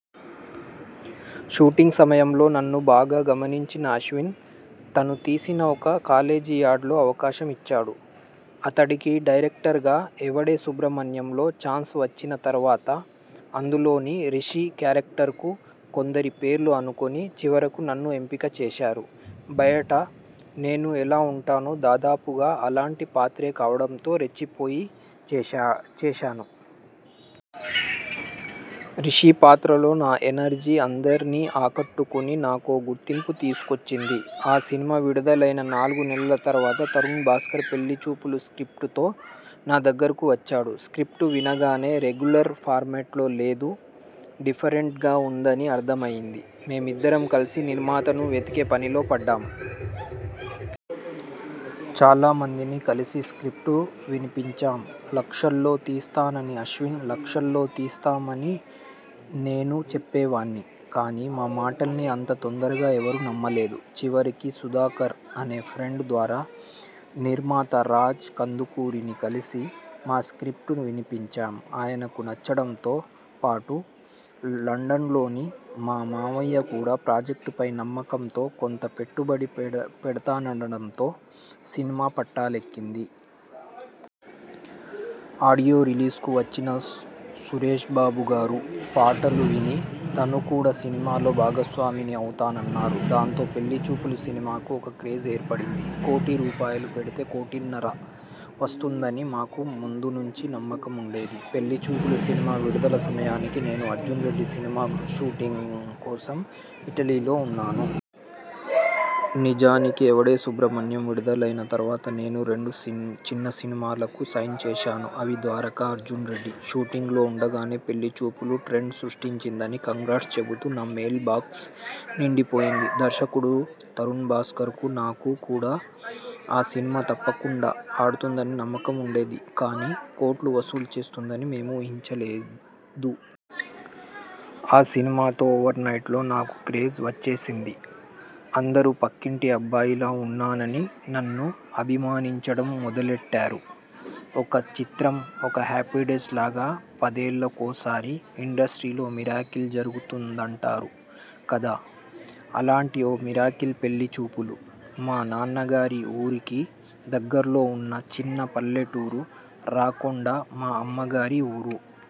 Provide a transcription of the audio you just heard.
Shooting సమయంలో నన్ను బాగా గమనించిన అశ్విన్ తను తీసిన ఒక కాలేజీ యాడ్లో అవకాశం ఇచ్చాడు. అతడికి డైరెక్టర్గా 'ఎవడే సుబ్రమణ్యం'లో ఛాన్స్ వచ్చిన తర్వాత అందులోని రిషి క్యారెక్టర్కు కొందరి పేర్లు అనుకుని చివరకు నన్ను ఎంపిక చేశారు. బయట నేను ఎలా ఉంటానో దాదాపుగా అలాంటి పాత్రే కావడంతో రెచ్చిపోయి చేశాను. 'రిషి' పాత్రలో నా ఎనర్జీ అందర్నీ ఆకట్టుకుని నాకో గుర్తింపు తీసుకొచ్చింది. ఆ సినిమా విడుదలైన నాలుగు నెలల తర్వాత తరుణ్ భాస్కర్ 'పెళ్లిచూపులు' స్ర్కిప్టుతో నా దగ్గరకు వచ్చాడు. స్ర్కిప్టు వినగానే రెగ్యులర్ ఫార్మాట్లో లేదు, డిఫరెంట్గా ఉందని అర్థమయ్యింది. మేమిద్దరం కలిసి నిర్మాతను వెతికే పనిలో పడ్డాం. చాలామందిని కలిసి స్ర్కిప్టు వినిపించాం. లక్షల్లో తీస్తానని అశ్విన్, లక్షల్లో తీస్తామని నేను చెప్పేవాణ్ణి. కానీ మా మాటల్ని అంత తొందరగా ఎవరూ నమ్మలేదు. చివరికి సుధాకర్ అనే ఫ్రెండ్ ద్వారా నిర్మాత రాజ్ కందుకూరిని కలిసి మా స్ర్కిప్టు వినిపించాం. ఆయనకు నచ్చడంతో పాటు లండన్లోని మా మావయ్య కూడా ప్రాజెక్టుపై నమ్మకంతో కొంత పెట్టుబడి పెడతాననడంతో సినిమా పట్టాలెక్కింది. ఆడియో రిలీజ్కు వచ్చిన సురేష్బాబుగారు పాటలు విని తను కూడా సినిమాలో భాగస్వామిని అవుతానన్నారు. దాంతో 'పెళ్లిచూపులు' సినిమాకు ఒక క్రేజ్ ఏర్పడింది. కోటి రూపాయలు పెడితే కోటిన్నర వస్తుందని మాకు ముందు నుంచి నమ్మకం ఉండేది. 'పెళ్లిచూపులు' సినిమా విడుదల సమయానికి నేను 'అర్జున్రెడ్డి' సినిమా షూటింగ్ కోసం ఇటలీలో ఉన్నాను. నిజానికి 'ఎవడే సుబ్రమణ్యం' విడుదలైన తర్వాత నేను రెండు చిన్న సినిమాలకు సైన్ చేశాను. అవి 'ద్వారక', 'అర్జున్రెడ్డి'. షూటింగ్లో ఉండగానే 'పెళ్లిచూపులు' ట్రెండ్ సృష్టించిందని 'కంగ్రాట్స్' చెబుతూ నా మెయిల్బాక్స్ నిండిపోయింది. దర్శకుడు తరుణ్ భాస్కర్కు నాకు కూడా ఆ సినిమా తప్పకుండా ఆడుతుందని నమ్మకం ఉండేది కానీ కోట్లు వసూలు చేస్తుందని మేము ఊహించలేదు. ఆ సినిమాతో ఓవర్నైట్లో నాకు క్రేజ్ వచ్చేసింది. అందరూ పక్కింటి అబ్బాయిలా ఉన్నానని నన్ను అభిమానించడం మొదలెట్టారు. ఒక 'చిత్రం', ఒక 'హ్యాపీడేస్'లాగా పదేళ్లకోసారి ఇండస్ట్రీలో మిరాకిల్ జరుగుతుందంటారు కదా అలాంటి ఓ మిరాకిల్ 'పెళ్లిచూపులు'. మా నాన్నగారి ఊరికి దగ్గర్లో ఉన్న చిన్న పల్లెటూరు 'రాకొండ' మా అమ్మగారి ఊరు.